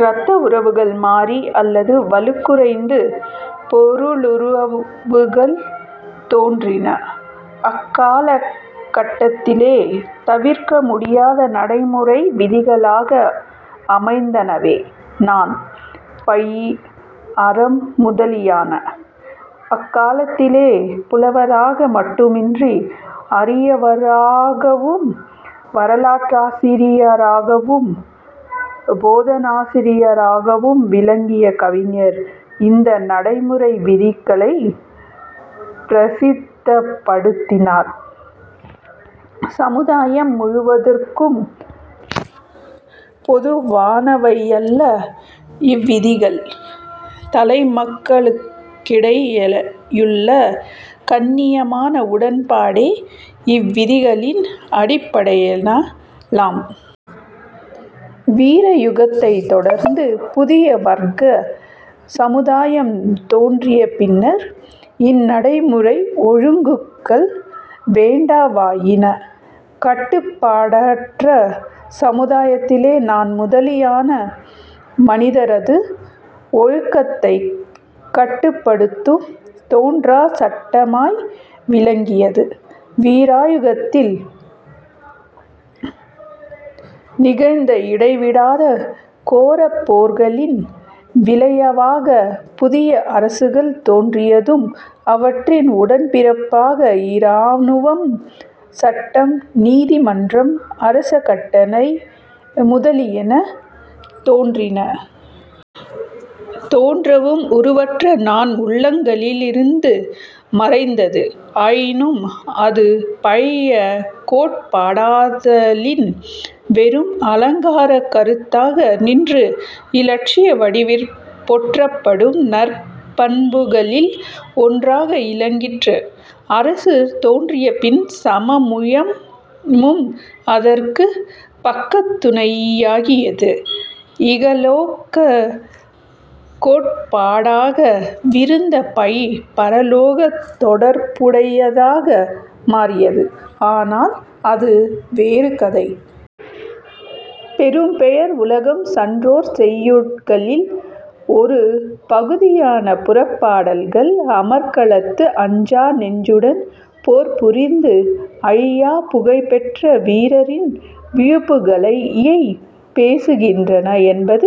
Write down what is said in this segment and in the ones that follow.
இரத்த உறவுகள் மாறி அல்லது வலுக்குறைந்து பொருளுறவுகள் தோன்றின. அக்காலக் கட்டத்திலே தவிர்க்கமுடியாத நடைமுறை விதிகளாக அமைந்தனவே நாண், பழி, அறம் முதலியன. அக்காலத்திலே புலவராக மட்டுமின்றி அறியவராகவும், வரலாற்றாசிரியராகவும், போதனாசிரியராகவும் விளங்கிய கவிஞர் இந்தநடைமுறை விதிகளைப் பிரசித்தப்படுத்தினர். சமுதாயம் முழுவதற்கும் பொதுவானவையல்ல இவ்விதிகள். தலைமக்களுக்கிடையேயுள்ள "கண்ணியமான" உடன்பாடே இவ்விதிகளின் அடிப்படையெனலாம். வீரயுகத்தைத் தொடர்ந்து புதிய-வர்க்க சமுதாயம் தோன்றிய பின்னர், இந்நடைமுறை ஒழுங்குகள் வேண்டாவாயின. கட்டுப்பாடற்ற சமுதாயத்திலே நாண் முதலியன மனிதரது ஒழுக்கத்தைக் கட்டுப்படுத்தும் தோன்றாச் சட்டமாய் விளங்கியது. வீரயுகத்தில் நிகழ்ந்த இடைவிடாத கோரப் போர்களின் விளைவாகப் புதிய அரசுகள் தோன்றியதும் அவற்றின் உடன் பிறப்பாக இராணுவம், சட்டம், நீதிமன்றம், அரச கட்டளை முதலியன தோன்றின. தோன்றவும் உருவற்ற நாண் உள்ளங்களிலிருந்து மறைந்தது. ஆயினும் அது பழைய கோட்பாடாதலின் வெறும் அலங்காரக் கருத்தாக நின்று இலட்சிய வடிவிற் போற்றப்படும் நற்பண்புகளில் ஒன்றாக இலங்கிற்று. அரசு தோன்றிய பின் சமயமும் அதற்குப் பக்கத்துணையாகியது. இகலோகக் கோட்பாடாக விருந்த பழி பரலோகத் தொடர்புடையதாக மாறியது. ஆனால் அது வேறு கதை.. பெரும் பெயர் உலகம் சான்றோர் செய்யுட்களில் ஒரு பகுதியான புறப்பாடல்கள் அமர்க்களத்து அஞ்சா நெஞ்சுடன் போர்புரிந்து அழியாப் புகழ்பெற்ற வீரரின் விழுப்புகழைப் பேசுகின்றன என்பது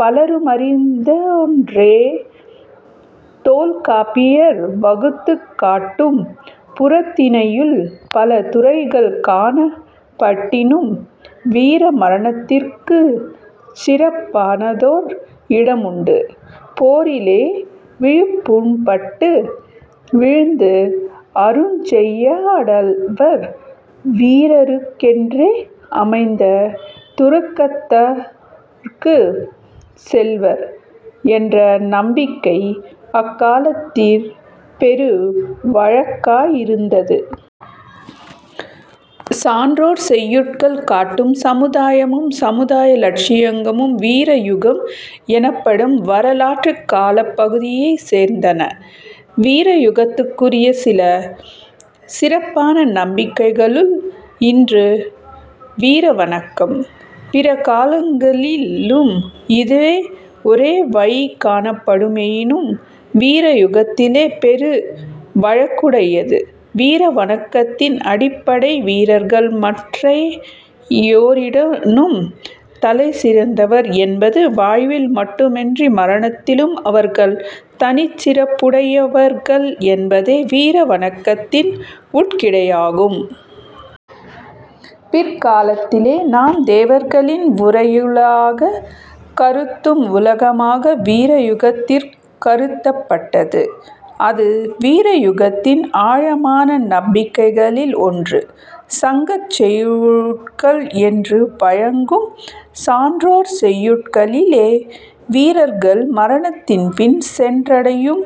பலருமறிந்ததொன்றே. தொல்காப்பியர் வகுத்துக் காட்டும் புறத்திணையுள் பல துறைகள் காணப்படினும் வீர மரணத்திற்குச் சிறப்பானதோர் இடமுண்டு. போரிலே விழுப்புண்பட்டு வீழ்ந்த 'அருஞ் செய்யாடவர்' வீரருக்கென்றே அமைந்த துறக்கத்தற்குச் செல்வர் என்ற நம்பிக்கை அக்காலத்திற் பெருவழக்காயிருந்தது. சான்றோர் செய்யுட்கள் காட்டும் சமுதாயமும் சமுதாய இலட்சியங்கும் வீரயுகம் எனப்படும் வரலாற்றுக் காலப்பகுதியைச் சேர்ந்தன. வீரயுகத்துக்குரிய சில சிறப்பான நம்பிக்கைகளுள் ஒன்று வீர வணக்கம். பிற காலங்களிலும் இஃது ஒரேவழி காணப்படுமாயினும் வீரயுகத்திலே பெருவழக்குடையது. வீர வணக்கத்தின் அடிப்படை, வீரர்கள் மற்றையோரினும் தலைசிறந்தவர் என்பது, வாழ்வில் மட்டுமன்றி மரணத்திலும், அவர்கள் தனிச்சிறப்புடையவர்கள் என்பதே வீர வணக்கத்தின் உட்கிடையாகும். பிற்காலத்திலே நாம் தேவர்களின் உரையுளாகக் கருதும் உலகமாக வீரயுகத்திற் கருதப்பட்டது. அது வீரயுகத்தின் ஆழமான நம்பிக்கைகளில் ஒன்று. சங்கச் செய்யுட்கள் என்று வழங்கும் சான்றோர் செய்யுட்களிலே வீரர்கள் மரணத்தின்பின் சென்றடையும்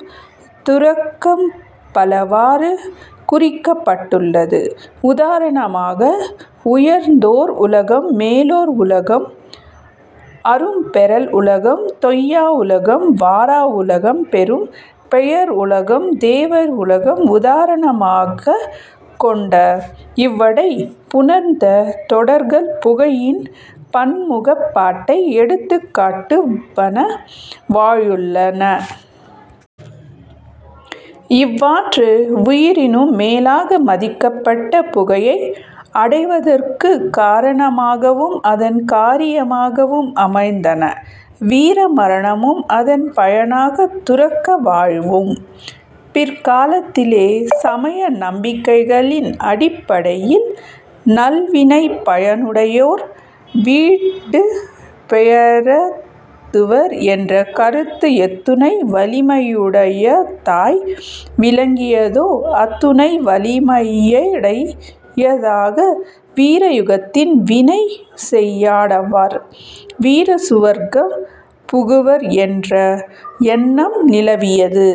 துறக்கம் பலவாறு குறிக்கப்பட்டுள்ளது. உதாரணமாக, உயர்ந்தோர் உலகம் மேலோர் உலகம்। அரும் பெறல் உலகம் தொய்யா உலகம் வாரா உலகம் பெரும் பெயர் உலகம் தேவர் உலகம் உதாரணமாகக் கொண்ட இவ்வடை புணர்த்த தொடர்கள் புகழின் பன்முகப் பாட்டை எடுத்துக்காட்டுவனவாயுள்ளன. இவ்வாறு உயிரினும் மேலாக மதிக்கப்பட்ட புகழை அடைவதற்குக் காரணமாகவும் அதன் காரியமாகவும் அமைந்தன வீரமரணமும் அதன் பயனாக துறக்க வாழ்வும். பிற்காலத்திலே சமய நம்பிக்கைகளின் அடிப்படையில் நல்வினைப் பயனுடையோர் வீடுபேறெய்துவர் என்ற கருத்து எத்துணை வலிமையுடையதாய் விளங்கியதோ, அத்துணை வலிமையுடையதாக வீரயுகத்தில் வினை செய்யாடவர் 'வீரசுவர்க்கம்' புகுவர் என்ற எண்ணம் நிலவியது.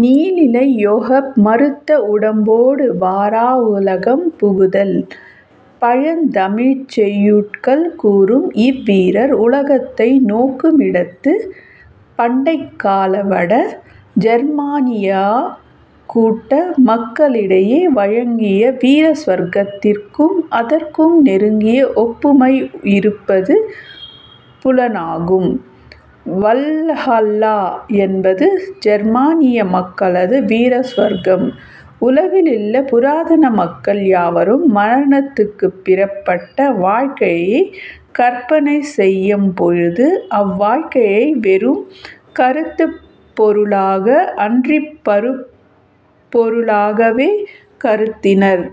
"நீளிலை யெஃக மறுத்த உடம்போடு வாராவுலகம் புகுதல்" பழந் தமிழ்ச் செய்யுட்கள் கூறும் இவ்வீரர் உலகத்தை நோக்குமிடத்து, பண்டைக்கால வட ஜெர்மானியக் கூட்ட மக்களிடையே வழங்கிய வீரசுவர்க்கத்திற்கும் அதற்கும் நெருங்கிய ஒப்புமை இருப்பது புலனாகும். வல்ஹல்லா என்பது ஜெர்மானிய மக்களது வீரசுவர்க்கம், உலகிலுள்ள புராதன மக்கள் யாவரும் மரணத்துக்குப் பிற்பட்ட வாழ்க்கையைக் கற்பனை செய்யும்பொழுது, அவ்வாழ்க்கையை வெறும் கருத்துப் பொருளாக அன்றிப் பருப்பொருளாகவே கருதினர்.